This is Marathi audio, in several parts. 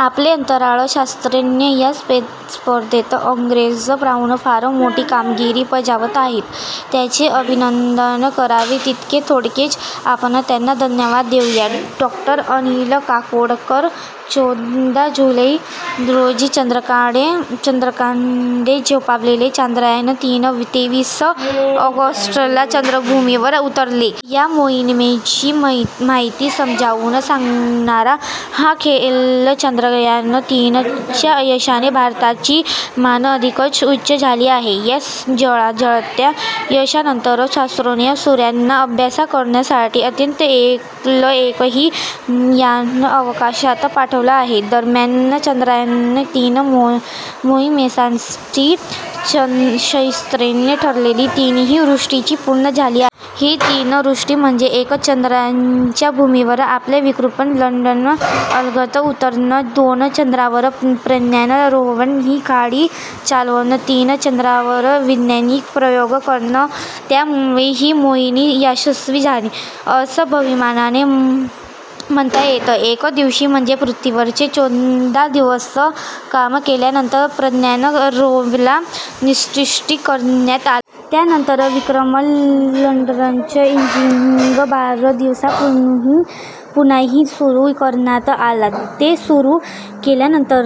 आपले अंतराळ शास्त्रज्ञ यास्पर्धेत अग्रेसर राहून फार मोठी कामगिरी बजावत आहेत. त्यांचे अभिनंदन करावे तितके थोडेच. आपण त्यांना धन्यवाद देऊया! डॉ. अनिल काकोडकर चौदा जुलै रोजी चंद्राकडे झेपावलेले चांद्रयान-तीन तेवीस ऑगस्टला चंद्रभूमीवर उतरले. या मोहिमेची महती समजावून सांगणारा हा लेख- चांद्रयान- तीन च्या यशाने भारताची मान अधिकच उंच झाली आहे. या झळाळत्या यशानंतर इस्रोने सूर्याचा अभ्यासकरण्यासाठी आदित्य एल एक हे यान अवकाशात पाठवलं आहे. दरम्यान, चांद्रयान-तीन मोहिमेसाठी इस्रोने ठरवलेली तीनही उद्दिष्टं पूर्ण झाली आहेत. ही तीन उद्दिष्टं म्हणजे एक. चंद्राच्या भूमीवर आपला विक्रम लँडर अलगद उतरवणं. दोन. चंद्रावर प्रज्ञान रोव्हर ही गाडी चालवणं. तीन. चंद्रावर वैज्ञानिक प्रयोग करणं; त्यामुळे ही मोहीम यशस्वी झाली, असं अभिमानाने म्हणता येतं. एक दिवस म्हणजे पृथ्वीवरचे चौदा दिवस, काम केल्यानंतर प्रज्ञान रोव्हरला निद्रिस्त करण्यात आलं. त्यानंतर विक्रम लँडरचं इंजिन बारा दिवसांनीपुन्हा सुरू करण्यात आलं. ते सुरू केल्यानंतर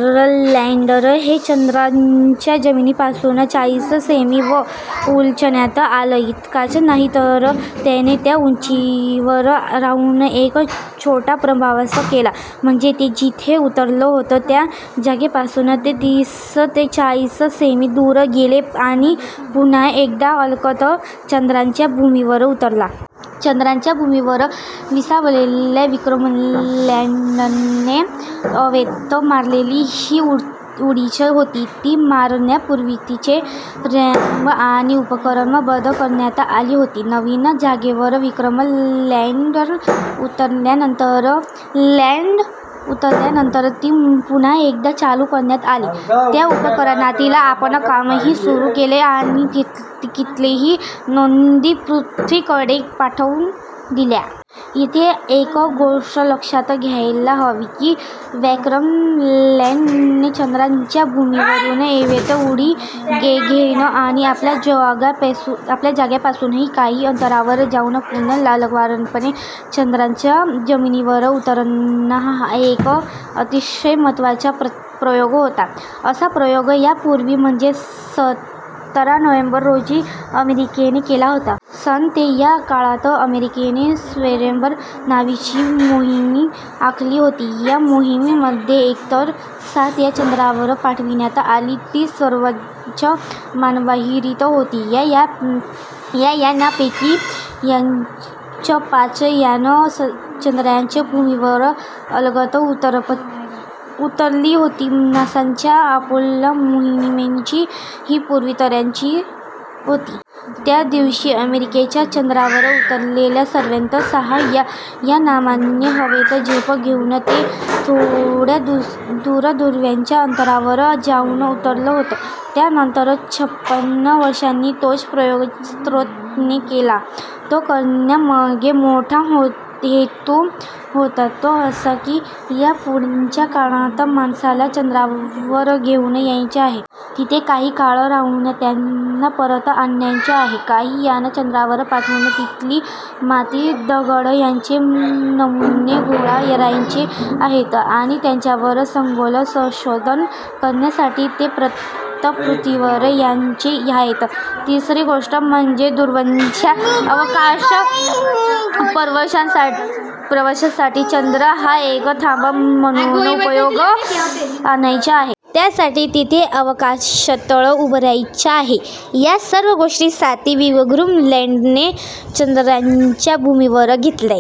लँडर हे चंद्राच्या जमिनीपासून चाळीस सेंमी वर उचलण्यात आलं. इतकंच नाही, तर त्याने त्या उंचीवर राहून एक छोटाप्रवास केला. म्हणजे ते जिथे उतरलं होतं, त्या जागेपासून ते तीस ते चाळीस सेंमी दूर गेलं आणिपुन्हा एकदा अलगद चंद्राच्या भूमीवर उतरलं. चंद्राच्या भूमीवर विसावलेल्या विक्रमलँडरने हवेत मारलेली ही उडीच होती. ती मारण्यापूर्वीत्याचे रॅम्प आणि उपकरणं बंद करण्यात आली होती. नवीन जागेवर विक्रम लँडरउतरल्यानंतर ती पुन्हा एकदा चालू करण्यात आली. त्या उपकरणांनी आपलं कामही सुरू केलंआणि घेतलेल्या नोंदी पृथ्वीकडे पाठवून दिल्या. इथे एक गोष्ट लक्षात घ्यायला हवी, की विक्रमलँडरने चंद्राच्या भूमीवरून हवेत उडी घेणं आणि आपल्याजागेपासून काही अंतरावर जाऊन पुन्हा अलवारपणे चंद्राच्या जमिनीवर उतरणंहा एक अतिशय महत्त्वाचा प्रयोग होता. असा प्रयोग यापूर्वी, म्हणजे सतरा नोव्हेंबर रोजी, अमेरिकेने केला होता. सन ते या काळात अमेरिकेने स्वर्हेअर नावाची मोहीम आखली होती. या मोहिमेमध्ये एकंदर सात यानं चंद्रावर पाठविण्यात आली. ती सर्वच मानवविरहित होती. या यानांपैकी पाच यानं चंद्राच्या भूमीवर अलगद उतरली होती. नासाच्या अपोलो मोहिमेची ही पूर्वतयारीच होती! त्या दिवशी अमेरिकेच्या चंद्रावर उतरलेल्या सर्व्हेयर-सहा या यानाने हवेत झेप घेऊन ते थोड्या दूरवरच्या अंतरावर जाऊन उतरलं होतं. त्यानंतर छप्पन वर्षांनी तोच प्रयोग इस्रोने केला. तो करण्यामागे मोठा हेतू होता. तो असा की, या पुढच्या काळात माणसाला चंद्रावर घेऊन जायचं आहे. तिथे काही काळ राहून त्यांना परत आणायचं आहे. काही यानं चंद्रावर पाठवून तिथली माती, दगड यांचे नमुने गोळा करायचे आहेत आणि त्यांच्यावर सखोल संशोधन करण्यासाठी ते परत पृथ्वीवर आणायचे आहेत. तिसरी गोष्ट म्हणजे दूरवरच्या अवकाश प्रवासासाठी चंद्र हा एक थांबा म्हणून उपयोगात आणायचा आहे. त्यासाठी तिथे अवकाशतळ उभारायचा आहे. या सर्व गोष्टींसाठी विक्रम लँडरने चंद्राच्या भूमीवरून घेतलेली